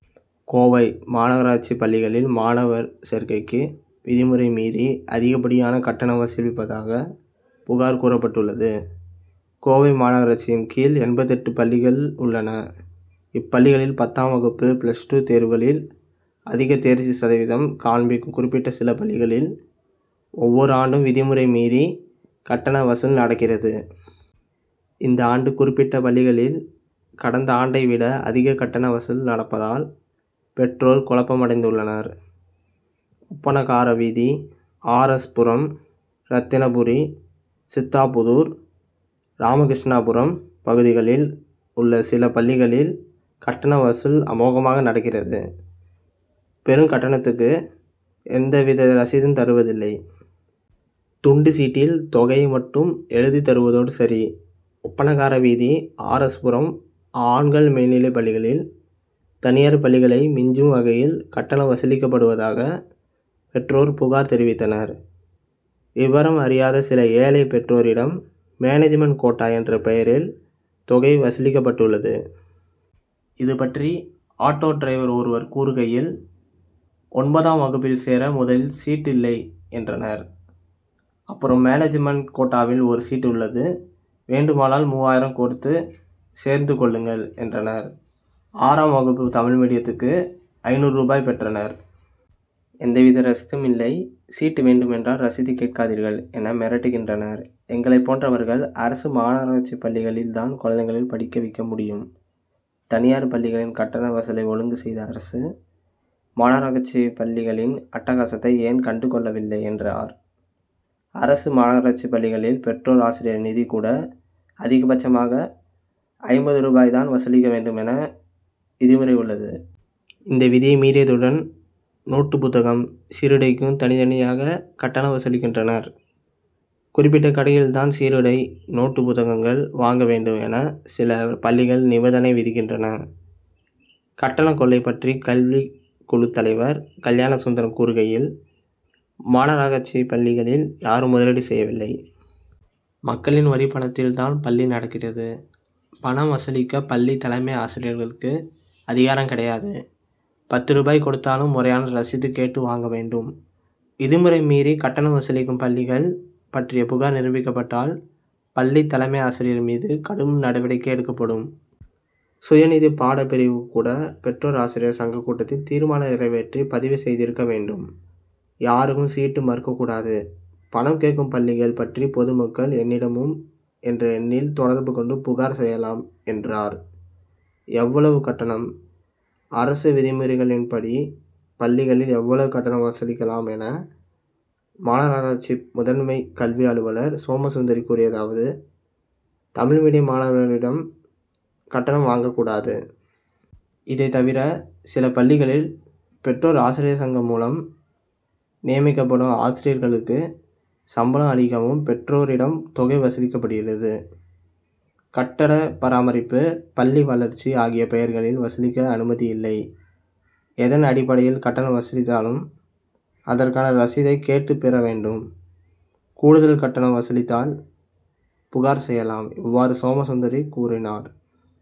கோவை: மாநகராட்சிப் பள்ளிகளில் மாணவர் சேர்க்கைக்கு விதிமுறை மீறி, அதிகப்படியான கட்டணம் வசூலிப்பதாக புகார் கூறப்பட்டுள்ளது. கோவை மாநகராட்சியின் கீழ் எண்பத்தெட்டு பள்ளிகள் உள்ளன. இப்பள்ளிகளில் பத்தாம் வகுப்பு, பிளஸ் டூ தேர்வுகளில், அதிக தேர்ச்சி சதவீதம் காண்பிக்கும் குறிப்பிட்ட சில பள்ளிகளில் ஒவ்வொரு ஆண்டும் விதிமுறை மீறி கட்டண வசூல் நடக்கிறது. இந்த ஆண்டு குறிப்பிட்ட பள்ளிகளில் கடந்த ஆண்டை விட அதிக கட்டண வசூல் நடப்பதால் பெற்றோர் குழப்பமடைந்துள்ளனர். ஒப்பணக்கார வீதி, ஆர். எஸ். புரம், ரத்தினபுரி, சித்தாபுதூர், ராமகிருஷ்ணாபுரம் பகுதிகளில் உள்ள சில பள்ளிகளில் கட்டண வசூல் அமோகமாக நடக்கிறது. பெறும் கட்டணத்துக்கு எந்தவித ரசீதும் தருவதில்லை. துண்டுச்சீட்டில் தொகையை மட்டும் எழுதித் தருவதோடு சரி. ஒப்பணக்கார வீதி, ஆர். எஸ். புரம் ஆண்கள் மேல்நிலைப்பள்ளிகளில் தனியார் பள்ளிகளை மிஞ்சும் வகையில் கட்டணம் வசூலிக்கப்படுவதாக, பெற்றோர் புகார் தெரிவித்தனர். விபரம் அறியாத சில ஏழை பெற்றோரிடம் மேனேஜ்மென்ட் கோட்டா என்ற பெயரில் தொகை வசூலிக்கப்பட்டுள்ளது. இது பற்றி ஆட்டோ டிரைவர் ஒருவர் கூறுகையில், ஒன்பதாம் வகுப்பில் சேர முதலில் சீட் இல்லை என்றனர். அப்புறம் மேனேஜ்மென்ட் கோட்டாவில் ஒரு சீட் உள்ளது. வேண்டுமானால் மூவாயிரம் ரூபாய் கொடுத்து சேர்ந்து கொள்ளுங்கள்' என்றனர். ஆறாம் வகுப்பு தமிழ் மீடியத்துக்கு ஐந்நூறு ரூபாய் பெற்றனர். எந்தவித ரசீதும் ரவில்லை. சீட் வேண்டுமென்றால் ரசீது கேட்காதீர்கள்' என மிரட்டுகின்றனர். எங்களைப் போன்றவர்கள், அரசு, மாநகராட்சிப் பள்ளிகளில் தான் குழந்தைகளை படிக்க வைக்க முடியும். தனியார் பள்ளிகளின் கட்டண வசூலை ஒழுங்கு செய்த அரசு, மாநகராட்சிப் பள்ளிகளின் அட்டகாசத்தை ஏன் கண்டுகொள்ளவில்லை என்றார். அரசு, மாநகராட்சிப் பள்ளிகளில் பெற்றோர்-ஆசிரியர் நிதி கூட அதிகபட்சமாக ஐம்பது ரூபாய் தான் வசூலிக்க வேண்டும் என விதிமுறை உள்ளது. இந்த விதியை மீறியதுடன், நோட்டு புத்தகம், சீருடைக்கும் தனித்தனியாக கட்டணம் வசூலிக்கின்றனர். குறிப்பிட்ட கடையில் தான் சீருடை, நோட்டுப் புத்தகங்கள் வாங்க வேண்டும் என வேறு சில பள்ளிகள் நிபந்தனை விதிக்கின் றன. கட்டண கொள்ளை பற்றி கல்விக்குழுத் தலைவர் கல்யாண சுந்தரம் கூறுகையில், மாநகராட்சிப் பள்ளிகளில் யாரும் முதலீடு செய்யவில்லை. மக்களின் வரிப்பணத்தில் தான் பள்ளி நடக்கிறது. பணம் வசூலிக்க பள் ளித் தலைமை ஆசிரியர்களுக்கு அதிகாரம் கிடையாது. பத்து ரூபாய் கொடுத்தாலும் முறையான ரசீது கேட்டு வாங்க வேண்டும். விதிமுறை மீறி கட்டணம் வசூலிக்கும் பள்ளிகள் பற்றிய புகார் நிரூபிக்கப்பட்டால், பள்ளித் தலைமை ஆசிரியர் மீது கடும் நடவடிக்கை எடுக்கப்படும். சுயநிதி பாடப் பிரிவுக்கு கூட, பெற்றோர் ஆசிரியர் சங்கக் கூட்டத்தில் தீர்மானம் நிறைவேற்றி பதிவு செய்திருக்க வேண்டும். யாருக்கும் சீட் மறுக்கக் கூடாது. பணம் கேட்கும் பள்ளிகள் பற்றி பொதுமக்கள் என்னிடமும் என்ற எண்ணில் தொடர்பு கொண்டு புகார் செய்யலாம், என்றார். எவ்வளவு கட்டணம்? அரசு விதிமுறைகளின்படி, பள்ளிகளில் எவ்வளவு கட்டணம் வசூலிக்கலாம் என மாநகராட்சி முதன்மை கல்வி அலுவலர் சோமசுந்தரி கூறியதாவது:தமிழ் மீடியம் மாணவர்களிடம் கட்டணம் வாங்கக் கூடாது. இதைத் தவிர, சில பள்ளிகளில் பெற்றோர்-ஆசிரியர் சங்கம் மூலம் நியமிக்கப்படும் ஆசிரியர்களுக்கு சம்பளம் அளிக்கவும் பெற்றோரிடம் தொகை வசூலிக்கப்படுகிறது. கட்டட பராமரிப்பு, பள்ளி வளர்ச்சி ஆகிய பெயர்களில் வசூலிக்க அனுமதி இல்லை. எதன் அடிப்படையில் கட்டணம் வசூலித்தாலும், அதற்கான ரசீதை கேட்டுப் பெற வேண்டும். கூடுதல் கட்டணம் வசூலித்தால் புகார் செய்யலாம். இவ்வாறு, சோமசுந்தரி கூறினார்.